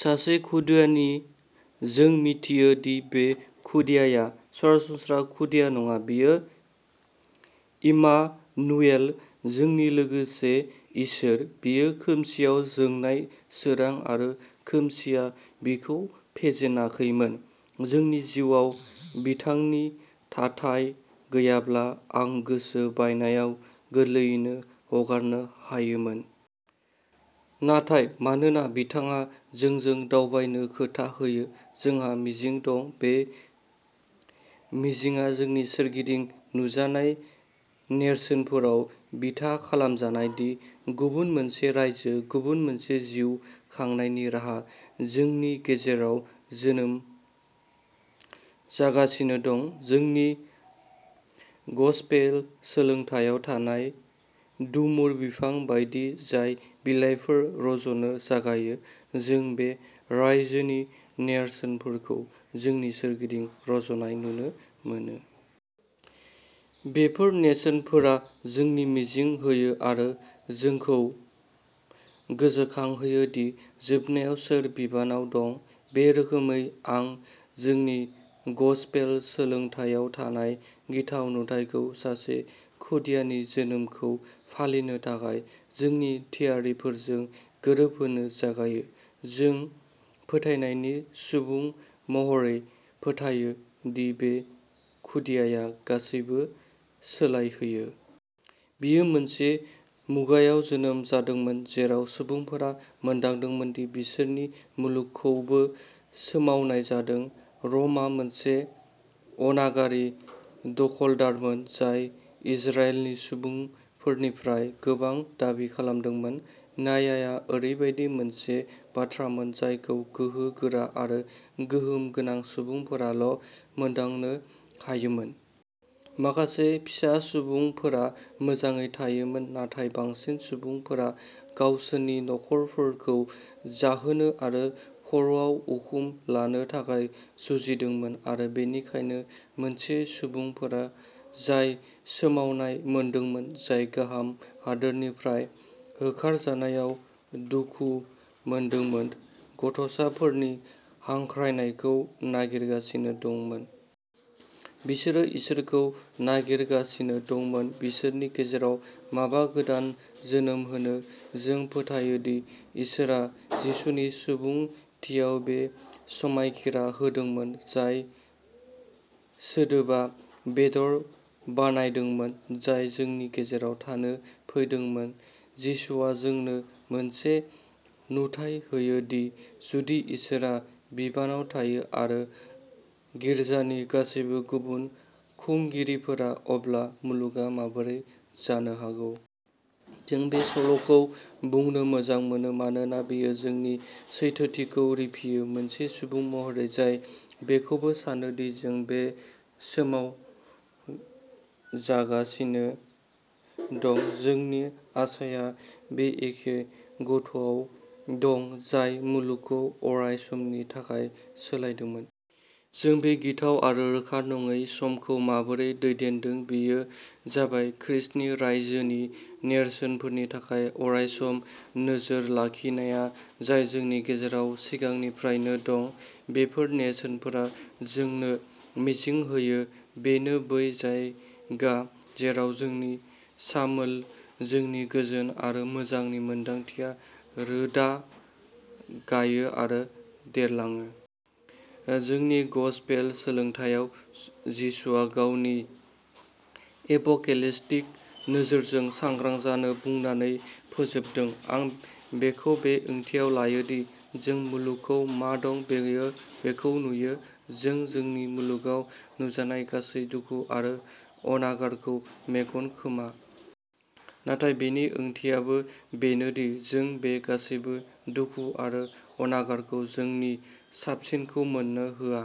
सासे खुदियानि जों मिथियो दि बे खुदियाया सरासनस्रा खुदिया नङा बियो इमानुएल, जोंनि लोगोसे इसोर। बियो खोमसिआव जोंनाय सोरां आरो खोमसिआ बिखौ फेजेनाखैमोन। जोंनि जिउआव बिथांनि थाथाय गैयाब्ला आं गोसो बायनायाव गोरलैयैनो हगारनो हायोमोन। नाथाय मानोना बिथाङा जोंजों दावबायनो खोथा होयो, जोंहा मिजिं दं। बे मिजिंआ जोंनि सोरगिदिं नुजानाय नेरसोनफोराव बिथा खालामजानाय दि गुबुन मोनसे रायजो, गुबुन मोनसे जिउ खांनायनि राहा, जोंनि गेजेराव जोनोम जागासिनो दं। जोंनि गसपेल सोलोंथायाव थानाय डुमुर बिफां बायदि जाय बिलाइफोर रज'नो जागायो, जों बे रायजोनि नेरसोनफोरखौ जोंनि सोरगिदिं रज'नाय नुनो मोनो। बेफोर नेरसोनफोरा जोंनो मिजिं होयो आरो जोंखौ गोसोखांहोयो दि जोबनायाव सोर बिबानआव दं। बे रोखोमै आं जोंनि गसपेल सोलोंथायाव थानाय गिथाव नुथायखौ सासे खुदियानि जोनोमखौ फालिनो थाखाय जोंनि थियारिफोरजों गोरोबहोनो जागायो। जों, फोथायनायनि सुबुं महरै, फोथायो दि बे खुदियाया गासैबो सोलायहोयो। बियो मोनसे मुगायाव जोनोम जादोंमोन जेराव सुबुंफोरा मोनदांदोंमोन दि बिसोरनि मुलुगखौबो सोमावनाय जादों। रमआ मोनसे अनागारि दखलदारमोन जाय इजराइलनि सुबुंफोरनिफ्राय गोबां दाबि खालामदोंमोन। नायायआ ओरैबायदि मोनसे बाथ्रामोन जायखौ गोहो गोरा आरो गोहोम गोनां सुबुंफोराल' मोनदांनो हायोमोन। माखासे फिसा सुबुंफोरा मोजाङै थायोमोन, नाथाय बांसिन सुबुंफोरा गावसोरनि नखरफोरखौ जाहोनो आरो खर'आव उखुम लानो थाखाय जुजिदोंमोन। आरो बेनिखायनो, मोनसे सुबुंफोरा जाय सोमावनाय मोनदोंमोन, जाय गाहाय हादोरनिफ्राय होखारजानायाव दुखु मोनदोंमोन, गथ'साफोरनि हांख्रायनायखौ नागिरगासिनो दंमोन। बिसोरो इसोरखौ नागिरगासिनो दंमोन बिसोरनि गेजेराव माबा गोदान जोनोम होनो। जों फोथायोदि इसोरआ जिसुनि सुबुंथियाव बे समायखिरा होदोंमोन, जाय सोदोबा बेदर बानायदोंमोन, जाय जोंनि गेजेराव थानो फैदोंमोन। जिसुआ जोंनो मोनसे नुथाय होयो दि जुदि इसोरआ बिबानआव थायो आरो गिर्जानि गासैबो गुबुन खुंगिरिफोरा, अब्ला मुलुगआ माबोरै जानो हागौ। जों बे सल'खौ बुंनो मोजां मोनो मानोना बेयो जोंनि सैथोथिखौ रिफियो। मोनसे सुबुं महरै जाय बेखौबो सानो दि जों बे सोमावजागासिनो दं, जोंनि आसाया बे एखे गथ'आव दं जाय मुलुगखौ अरायसमनि थाखाय सोलायदोंमोन। जों बे गिथाव आरो रोखा नङै समखौ माबोरै दैदेनदों, बेयो जाबाय ख्रीष्टनि रायजोनि नेरसोनफोरनि थाखाय अरायसम नोजोर लाखिनाया जाय जोंनि गेजेराव सिगांनिफ्रायनो दं। बेफोर नेरसोनफोरा जोंनो मिजिं होयो। बेनो बै जायगा जेराव जोंनि शालोम, जोंनि गोजोन आरो मोजांनि मोनदांथिया रोदा गायो आरो देरलाङो। जोंनि गसपेल सोलोंथायाव, जिसुआ गावनि एपोकेलिप्टिक नोजोरजों सांग्रां जानो बुंनानै फोजोबदों। आं बेखौ बे ओंथियाव लायो दि जों मुलुगखौ मा दं बेयो बेखौ नुयो। जों जोंनि मुलुगाव नुजानाय गासै दुखु आरो अनागारखौ मेगन खोमा। नाथाय बेनि ओंथियाबो बेनो दि जों बे गासैबो दुखु आरो अनागारखौ जोंनि साबसिनखौ मोननो होआ।